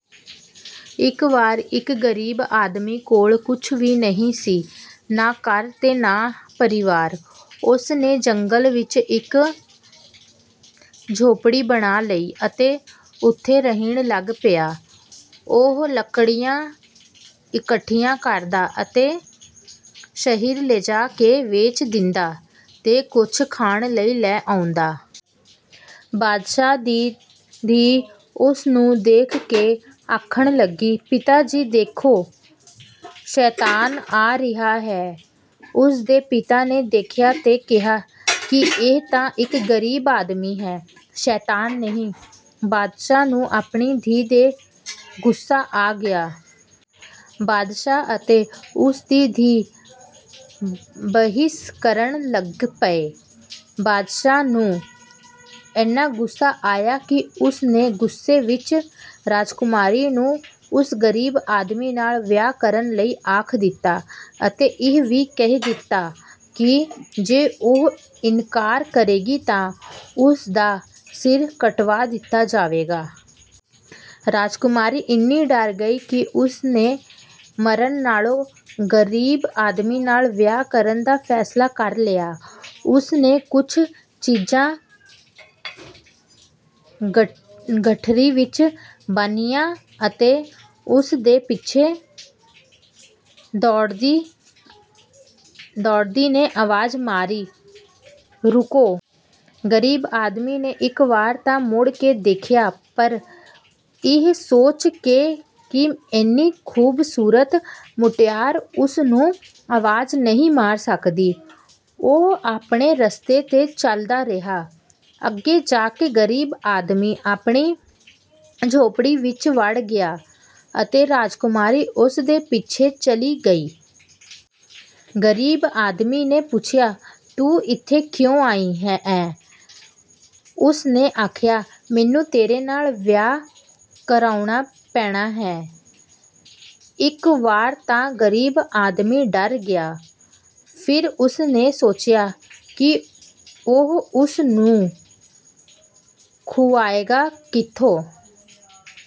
ਇੱਕ ਵਾਰ ਇੱਕ ਗ਼ਰੀਬ ਆਦਮੀ ਕੋਲ ਕੁਝ ਵੀ ਨਹੀਂ ਸੀ, ਨਾ ਘਰ ਤੇ ਨਾ ਪਰਿਵਾਰ। ਉਸ ਨੇ ਜੰਗਲ ਵਿੱਚ ਇੱਕ ਝੌਂਪੜੀ ਬਣਾ ਲਈ ਅਤੇ ਉੱਥੇ ਰਹਿਣ ਲੱਗ ਪਿਆ। ਉਹ ਲੱਕੜੀਆਂ ਇਕੱਠੀਆਂ ਕਰਦਾ ਅਤੇ ਸ਼ਹਿਰ ਲਿਜਾ ਕੇ ਵੇਚ ਦਿੰਦਾ ਤੇ ਕੁਝ ਖਾਣ ਲਈ ਲੈ ਆਉਂਦਾ। ਬਾਦਸ਼ਾਹ ਦੀ ਧੀ ਉਸ ਨੂੰ ਦੇਖ ਕੇ ਆਖਣ ਲੱਗੀ, "ਪਿਤਾ ਜੀ ਦੇਖੋ, ਸ਼ੈਤਾਨ ਆ ਰਿਹਾ ਹੈ।" ਉਸ ਦੇ ਪਿਤਾ ਨੇ ਦੇਖਿਆ ਤੇ ਕਿਹਾ ਕਿ ਇਹ ਤਾਂ ਇੱਕ ਗ਼ਰੀਬ ਆਦਮੀ ਹੈ, ਸ਼ੈਤਾਨ ਨਹੀਂ। ਬਾਦਸ਼ਾਹ ਨੂੰ ਆਪਣੀ ਧੀ 'ਤੇ ਗੁੱਸਾ ਆ ਗਿਆ। ਬਾਦਸ਼ਾਹ ਅਤੇ ਉਸ ਦੀ ਧੀ ਬਹਿਸ ਕਰਨ ਲੱਗ ਪਏ। ਬਾਦਸ਼ਾਹ ਨੂੰ ਐਨਾ ਗੁੱਸਾ ਆਇਆ ਕਿ ਉਸ ਨੇ ਗੁੱਸੇ ਵਿੱਚ ਰਾਜਕੁਮਾਰੀ ਨੂੰ ਉਸ ਗ਼ਰੀਬ ਆਦਮੀ ਨਾਲ ਵਿਆਹ ਕਰਨ ਲਈ ਆਖ ਦਿੱਤਾ ਅਤੇ ਇਹ ਵੀ ਕਹਿ ਦਿੱਤਾ ਕਿ ਜੇ ਉਹ ਇਨਕਾਰ ਕਰੇਗੀ ਤਾਂ ਉਸ ਦਾ ਸਿਰ ਕਟਵਾ ਦਿੱਤਾ ਜਾਵੇਗਾ। ਰਾਜਕੁਮਾਰੀ ਐਨੀ ਡਰ ਗਈ ਕਿ ਉਸ ਨੇ ਮਰਨ ਨਾਲੋਂ ਗ਼ਰੀਬ ਆਦਮੀ ਨਾਲ ਵਿਆਹ ਕਰਨ ਦਾ ਫ਼ੈਸਲਾ ਕਰ ਲਿਆ। ਉਸ ਨੇ ਕੁਝ ਚੀਜ਼ਾਂ ਗੱਠੜੀ ਵਿੱਚ ਬੰਨ੍ਹੀਆਂ ਅਤੇ ਉਸ ਦੇ ਪਿੱਛੇ ਦੌੜਦੀ ਨੇ ਆਵਾਜ਼ ਮਾਰੀ, "ਰੁਕੋ।" ਗ਼ਰੀਬ ਆਦਮੀ ਨੇ ਇੱਕ ਵਾਰ ਤਾਂ ਮੁੜ ਕੇ ਦੇਖਿਆ ਪਰ ਇਹ ਸੋਚ ਕੇ ਕਿ ਐਨੀ ਖ਼ੂਬਸੂਰਤ ਮੁਟਿਆਰ ਉਸ ਨੂੰ ਆਵਾਜ਼ ਨਹੀਂ ਮਾਰ ਸਕਦੀ, ਉਹ ਆਪਣੇ ਰਸਤੇ 'ਤੇ ਚੱਲਦਾ ਰਿਹਾ। ਅੱਗੇ ਜਾ ਕੇ ਗ਼ਰੀਬ ਆਦਮੀ ਆਪਣੀ ਝੌਂਪੜੀ ਵਿੱਚ ਵੜ ਗਿਆ ਅਤੇ ਰਾਜਕੁਮਾਰੀ ਉਸ ਦੇ ਪਿੱਛੇ ਚਲੀ ਗਈ। ਗ਼ਰੀਬ ਆਦਮੀ ਨੇ ਪੁੱਛਿਆ, "ਤੂੰ ਇੱਥੇ ਕਿਉਂ ਆਈ ਐਂ?" ਉਸ ਨੇ ਆਖਿਆ, "ਮੈਨੂੰ ਤੇਰੇ ਨਾਲ ਵਿਆਹ ਕਰਾਉਣਾ ਪੈਣਾ ਹੈ।" ਇੱਕ ਵਾਰ ਤਾਂ ਗ਼ਰੀਬ ਆਦਮੀ ਡਰ ਗਿਆ। ਫਿਰ ਉਸ ਨੇ ਸੋਚਿਆ ਕਿ ਉਹ ਉਸ ਨੂੰ ਖੁਆਏਗਾ ਕਿੱਥੋਂ।